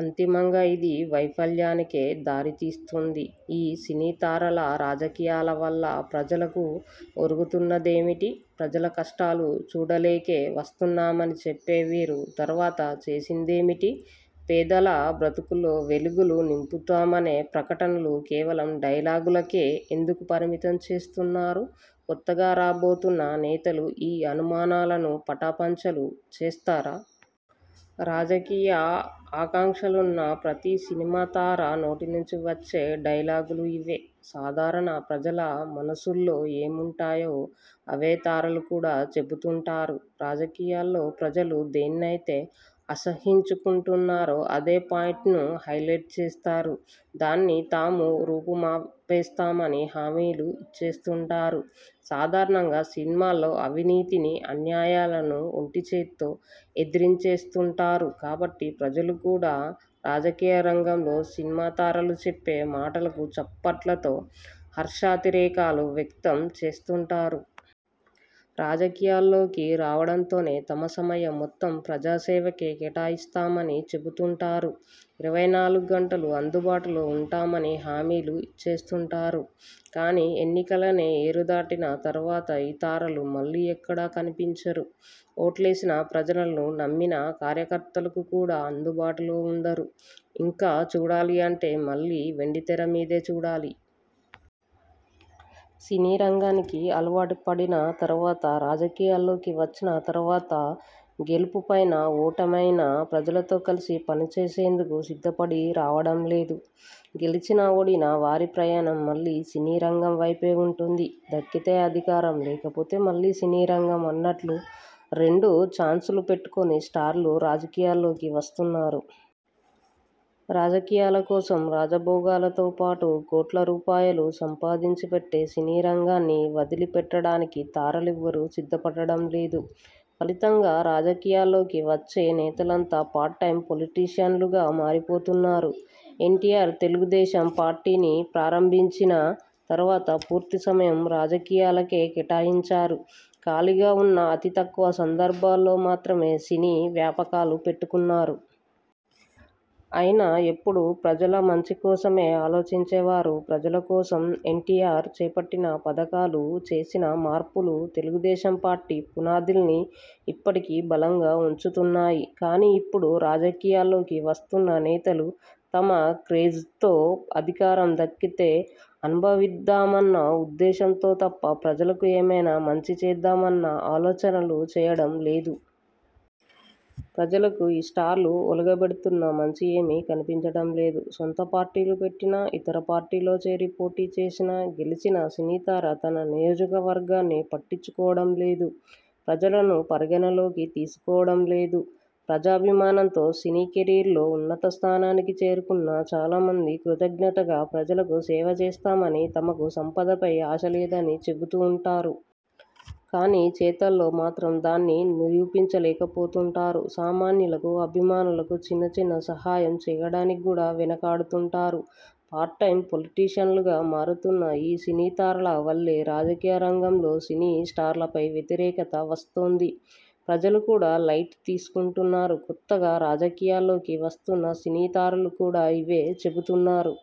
అంతిమంగా ఇది. వైఫల్యానికే దారి తీస్తోంది. ఈ సినీ తారల రాజకీయాల వల్ల ప్రజలకు ఒరుగుతున్నదేమిటి? ప్రజల కష్టాలు చూడలేకే వస్తున్నామని చెప్పే వీరు. తర్వాత చేసేదేమిటి? పేదల బతుకుల్లో వెలుగులు నింపుతామనే ప్రకటనలు కేవలం డైలాగులకే ఎందుకు పరిమితం చేస్తున్నారు? కొత్తగా రాబోతున్న నేతలు ఈ అనుమానాలను పటాపంచలు చేస్తారా? రాజకీయ ఆకాంక్షలున్న ప్రతి సినిమా తార నోటి నుంచి వచ్చే డైలాగులు ఇవే. సాధారణ ప్రజల మనసుల్లో ఏముంటాయో అవే తారలు కూడా చెబుతూంటారు. రాజకీయాల్లో ప్రజలు దేన్నైతే అసహ్యించుకుంటారో అదే పాయింట్ను హైలెట్ చేస్తారు. దాన్ని తాము రూపు మాపేస్తామని హామీలు ఇచ్చేస్తూంటారు. సాధారణంగా సినిమాల్లో అవినీతిని, అన్యాయాలను ఒంటిచేత్తో ఎదిరించేస్తూంటారు కాబట్టి ప్రజలు కూడా రాజకీయ రంగంలో సినీతారలు చెప్పే మాటలకు చప్పట్లతో హర్షాతిరేకాలు వ్యక్తం చేస్తూంటారు. రాజకీయాల్లోకి రావడంతోనే తమ సమయం మొత్తం ప్రజాసేవకే కేటాయిస్తామని చెబుతూంటారు. ఇరవై నాలుగు గంటలూ అందుబాటులో ఉంటామని హామీలు ఇచ్చేస్తూంటారు. కానీ ఎన్నికలనే ఏరు దాటిన తర్వాత ఈ తారలు మళ్లీ ఎక్కడా కనిపించరు. ఓట్లేసిన ప్రజలను నమ్మిన కార్యకర్తలకు కూడా అందుబాటులో ఉండరు. ఇంక చూడాలి అంటే మళ్లీ వెండితెర మీదే చూడాలి. సినీ రంగానికి అలవాటుపడిన తర్వాత రాజకీయాల్లోకి వచ్చిన తర్వాత గెలుపైనా ఓటమైనా ప్రజలతో కలిసి పనిచేసేందుకు సిద్ధపడి రావడం లేదు. గెలిచినా, ఓడినా వారి ప్రయాణం మళ్లీ సినీ రంగం వైపే ఉంటుంది. దక్కితే అధికారం లేకపోతే మళ్లీ సినీ రంగం అన్నట్లు రెండు చాయిస్లు పెట్టుకుని స్టార్లు రాజకీయాల్లోకి వస్తున్నారు. రాజకీయాల కోసం రాజభోగాలతో పాటు కోట్ల రూపాయలు సంపాదించి పెట్టే సినీ రంగాన్ని వదిలి పెట్టడానికి తారలెవరూ సిద్ధపడటం లేదు. ఫలితంగా రాజకీయాల్లోకి వచ్చే నేతలంతా పార్ట్ టైమ్ పొలిటిషీయన్లుగా మారిపోతున్నారు. ఎన్టీఆర్ తెలుగుదేశం పార్టీని ప్రారంభించిన తర్వాత పూర్తి సమయం రాజకీయాలకే కేటాయించారు. ఖాళీగా ఉన్న అతి తక్కువ సందర్భాల్లో మాత్రమే సినీ వ్యాపకాలు పెట్టుకున్నారు. అయినా ఎప్పుడూ ప్రజల మంచి కోసమే ఆలోచించేవారు. ప్రజల కోసం ఎన్టీఆర్ చేపట్టిన పథకాలు చేసిన మార్పులు తెలుగుదేశం పార్టీ పునాదుల్నీ ఇప్పటికీ బలంగా ఉంచుతున్నాయి. కానీ ఇప్పుడు రాజకీయాల్లోకి వస్తున్న నేతలు తమ క్రేజ్లో అధికారం దక్కితే అనుభవిద్దామన్న ఉద్దేశం తప్ప ప్రజలకు ఏమైనా మంచి చేద్దామన్న ఆలోచనలు చేయడం లేదు. ప్రజలకు ఈ స్టార్లు ఒలగబెడుతున్న మంచి ఏమీ కనిపించడం లేదు. సొంత పార్టీలు పెట్టినా ఇతర పార్టీల్లో చేరి పోటీ చేసినా గెలిచిన సినీతార తన నియోజకవర్గాన్ని పట్టించుకోవడం లేదు. ప్రజలనూ పరిగణనలోకి తీసుకోవడం లేదు. ప్రజాభిమానంతో సినీ కెరీర్లో ఉన్నత స్థానానికి చేరుకున్న చాలా మంది కృతజ్ఞతగా ప్రజలకు సేవ చేస్తామని తమకు సంపదపై ఆశ లేదని చెబుతూంటారు. కానీ చేతల్లో మాత్రం దాన్ని నిరూపించలేకపోతూంటారు. సామాన్యులకు, అభిమానులకు చిన్న చిన్న సాయం చేయడానికి కూడా వెనుకాడుతూంటారు. పార్ట్ టైమ్ పొలిటిషన్లుగా మారుతున్న ఈ సినీతారల వల్లే రాజకీయ రంగంలో సినీ స్టార్లపై వ్యతిరేకత వస్తోంది. ప్రజలు కూడా లైట్ తీసుకుంటున్నారు. కొత్తగా రాజకీయాల్లోకి వస్తున్న సినీ తారలు కూడా ఇవే చెబుతున్నారు.